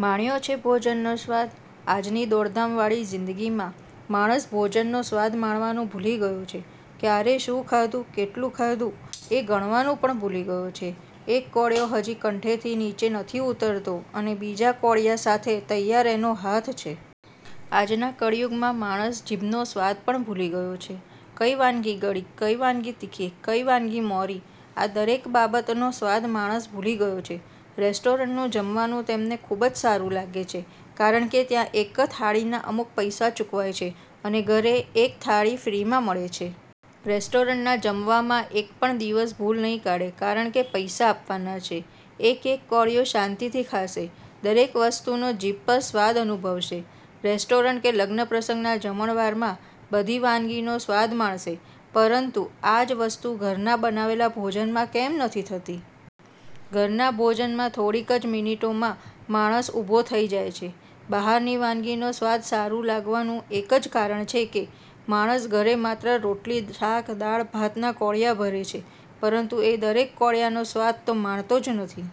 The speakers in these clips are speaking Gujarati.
માણ્યો છે ભોજન નો સ્વાદ? આજ ની દોડધામ વાળી જિંદગી માં માણસ ભોજન નો સ્વાદ માણવાનું ભૂલી ગયો છે, ક્યારે શું ખાધું? કેટલું ખાધું? એ ગણવાનું પણ ભૂલી ગયો છે, એક કોળિયો હજી કંઠે થી નીચે નથી ઉતરતો અને બીજા કોળિયા સાથે તૈયાર એનો હાથ છે. આજ ના કળિયુગ માં માણસ જીભ નો સ્વાદ પણ ભૂલી ગયો છે. કઈ વાનગી ગળી? કઈ વાનગી તીખી? કઈ વાનગી મોરી? આ દરેક બાબત નો સ્વાદ માણસ ભૂલી ગયો છે. રેસ્ટોરન્ટ નું જમવાનું તેમને ખુબ જ સારું લાગે છે, કારણ કે ત્યાં એક થાળી ના અમુક પૈસા ચૂકવાય છે અને ઘરે એક થાળી ફ્રી માં મળે છે. રેસ્ટોરન્ટ ના જમવામાં એક પણ દિવસ ભૂલ નહિ કાઢે કારણકે પૈસા આપવાના છે, એક એક કોળિયો શાંતિ થી ખાશે, દરેક વસ્તુ નો જીભ પર સ્વાદ અનુભવશે. રેસ્ટોરન્ટ કે લગ્ન પ્રસંગ ના જમણવાર માં બધી વાનગી નો સ્વાદ માણશે, પરંતુ આ જ વસ્તુ ઘર ના બનાવેલા ભોજન માં કેમ નથી થતી? ઘર ના ભોજન માં થોડીક જ મિનિટો માં માણસ ઉભો થઇ જાય છે. બહાર ની વાનગી નો સ્વાદ સારું લાગવાનું એક જ કારણ છે કે માણસ ઘરે માત્ર રોટલી શાક દાળ ભાત ના કોળિયા ભરે છે પરંતુ એ દરેક કોળિયા નો સ્વાદ તો માણતો જ નથી.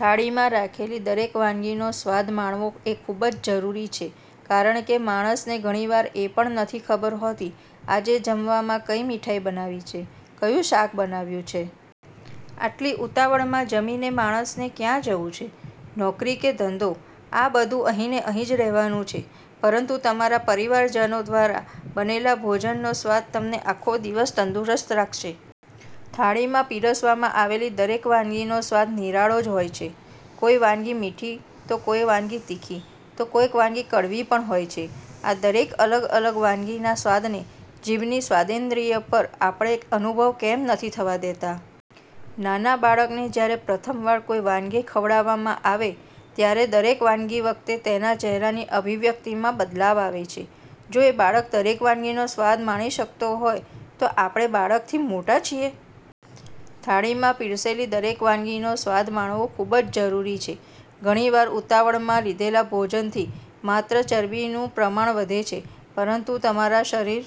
થાળી માં રાખેલી દરેક વાનગી નો સ્વાદ માણવો એ ખુબ જ જરૂરી છે કારણ કે માણસને ઘણી વાર એ પણ નથી ખબર હોતી આજે જમવામાં કઈ મીઠાઈ બનાવી છે? કયું શાક બનાવ્યું છે? આટલી ઉતાવળ માં જમીને માણસ ને ક્યાં જવું છે? નોકરી કે ધંધો? આ બધું અહીં ને અહીં જ રહેવાનું છે પરંતુ તમારા પરિવાર જનો દ્વારા બનેલા ભોજનનો સ્વાદ તમને આખો દિવસ તંદુરસ્ત રાખશે.. થાળી માં પીરસવામાં આવેલી દરેક વાનગી નો સ્વાદ નિરાળો જ હોય છે, કોઈ વાનગી મીઠી, તો કોઈક વાનગી તીખી તો કોઈક વાનગી કડવી પણ હોય છે. આ દરેક અલગ અલગ વાનગી ના સ્વાદ ને જીભ ની સ્વાદેન્દ્રિય પર આપણે અનુભવ કેમ નથી થવા દેતા? નાના બાળક ને જયારે પ્રથમ વાર કોઈ વાનગી ખવડાવામાં આવે ત્યારે દરેક વાનગી વખતે તેના ચેહરા ની અભિવ્યક્તિ માં બદલાવ આવે છે, જો એ બાળક દરેક વાનગી નો સ્વાદ માણી શકતો હોય, તો આપણે બાળક થી મોટા છીએ? થાળી માં પીરસેલી દરેક વાનગી નો સ્વાદ માણવો ખુબ જ જરૂરી છે. ઘણી વાર ઉતાવળ માં લીધેલા ભોજન થી માત્ર ચરબી નું પ્રમાણ વધે છે પરંતુ તમારા શરીર